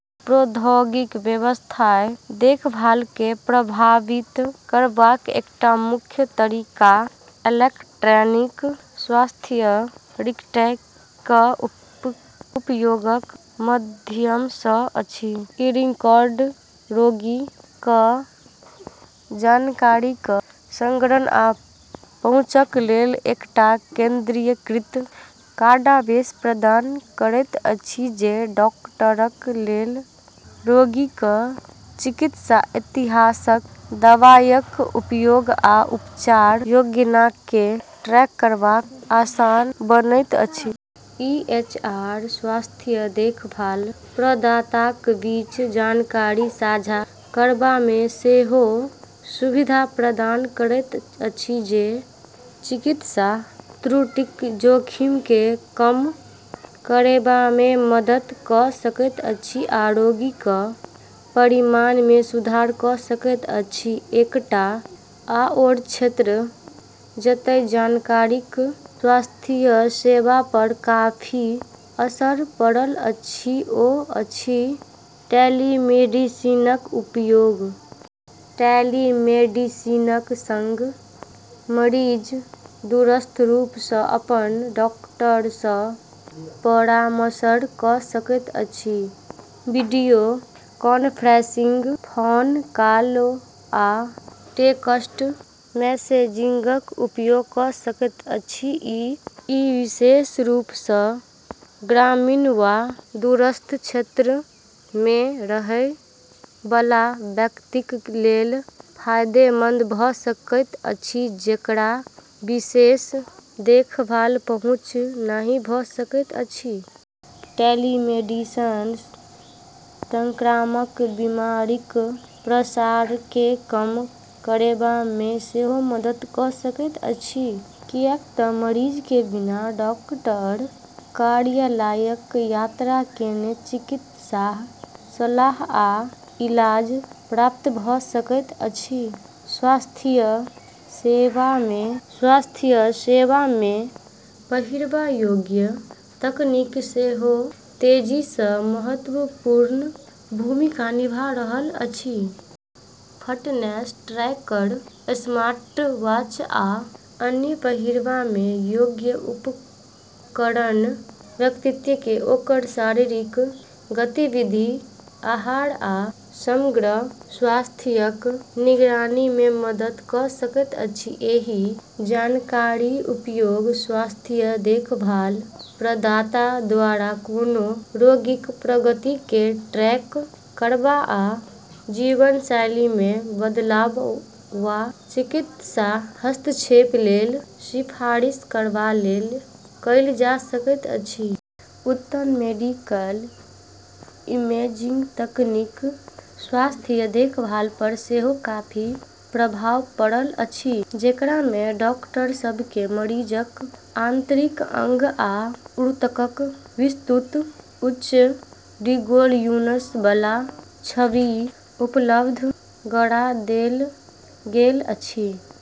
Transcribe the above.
प्रौद्योगिकिक स्वास्थ्य देखभालकेँ प्रभावित करबाक एकटा मुख्य तरीका इलेक्ट्रॉनिक स्वास्थ्य रिकॉर्ड (ईएचआर) क उपयोगक माध्यम सँ अछि। ई रिकॉर्ड रोगीक जानकारीक संग्रहण आ पहुँचक लेल एकटा केंद्रीकृत डाटाबेस प्रदान करैत अछि, जे डॉक्टरक लेल रोगीक चिकित्सा इतिहास, दवाईक उपयोग आ उपचार योजनाकेँ ट्रैक करब आसान बनाबैत अछि। ईएचआर स्वास्थ्य देखभाल प्रदाताक बीच जानकारी साझा करबामे सेहो सुविधा प्रदान करैत अछि, जे चिकित्सा त्रुटिक जोखिमकेँ कम करबामे मदद क’ सकैत अछि आ रोगीक परिणाममे सुधार क’ सकैत अछि। एकटा आओर क्षेत्र जतए तकनीकक स्वास्थ्य सेवा पर काफी असर पड़ल अछि ओ अछि टेलीमेडिसिनक उपयोग। टेलीमेडिसिनक संग मरीज दूरस्थ रूप सँ अपन डॉक्टर सँ परामर्श क’ सकैत अछि, वीडियो कॉन्फ्रेंसिंग, फोन कॉल वा टेक्स्ट मैसेजिंगक उपयोग क’ सकैत अछि। ई विशेष रूप सँ ग्रामीण वा दूरस्थ क्षेत्रमे रहै बला व्यक्तिक लेल फायदेमंद भ’ सकैत अछि, जेकरा विशेष देखभालक पहुँच नहि भ’ सकैत अछि। टेलीमेडिसिन संक्रामक बीमारीक प्रसारकेँ कम करबामे सेहो मदद क’ सकैत अछि, किएक तँ मरीजकेँ बिना डॉक्टरक कार्यालयक यात्रा केने चिकित्सा सलाह आ इलाज प्राप्त भ’ सकैत अछि। स्वास्थ्य सेवामे पहिरबा योग्य तकनीक सेहो तेजी सँ महत्वपूर्ण भूमिका निभा रहल अछि। फिटनेस ट्रैकर, स्मार्टवॉच आ अन्य पहिरबा योग्य उपकरण व्यक्तिकेँ ओकर शारीरिक गतिविधि, आहार आ समग्र स्वास्थ्यक निगरानीमे मदद क’ सकैत अछि। एहि जानकारीक उपयोग स्वास्थ्य देखभाल प्रदाता द्वारा कोनो रोगीक प्रगतिकेँ ट्रैक करब आ जीवनशैलीमे बदलाव वा चिकित्सा हस्तक्षेप लेल सिफारिश करबा लेल कएल जा सकैत अछि। उन्नत मेडिकल इमेजिंग तकनीकक स्वास्थ्य देखभाल पर सेहो काफी प्रभाव पड़ल अछि, जेकरामे डॉक्टर सभकेँ मरीजक आंतरिक अंग आ ऊतकक विस्तृत, उच्च रिजोल्यूशन बला छवि उपलब्ध गरा देल गेल अछि।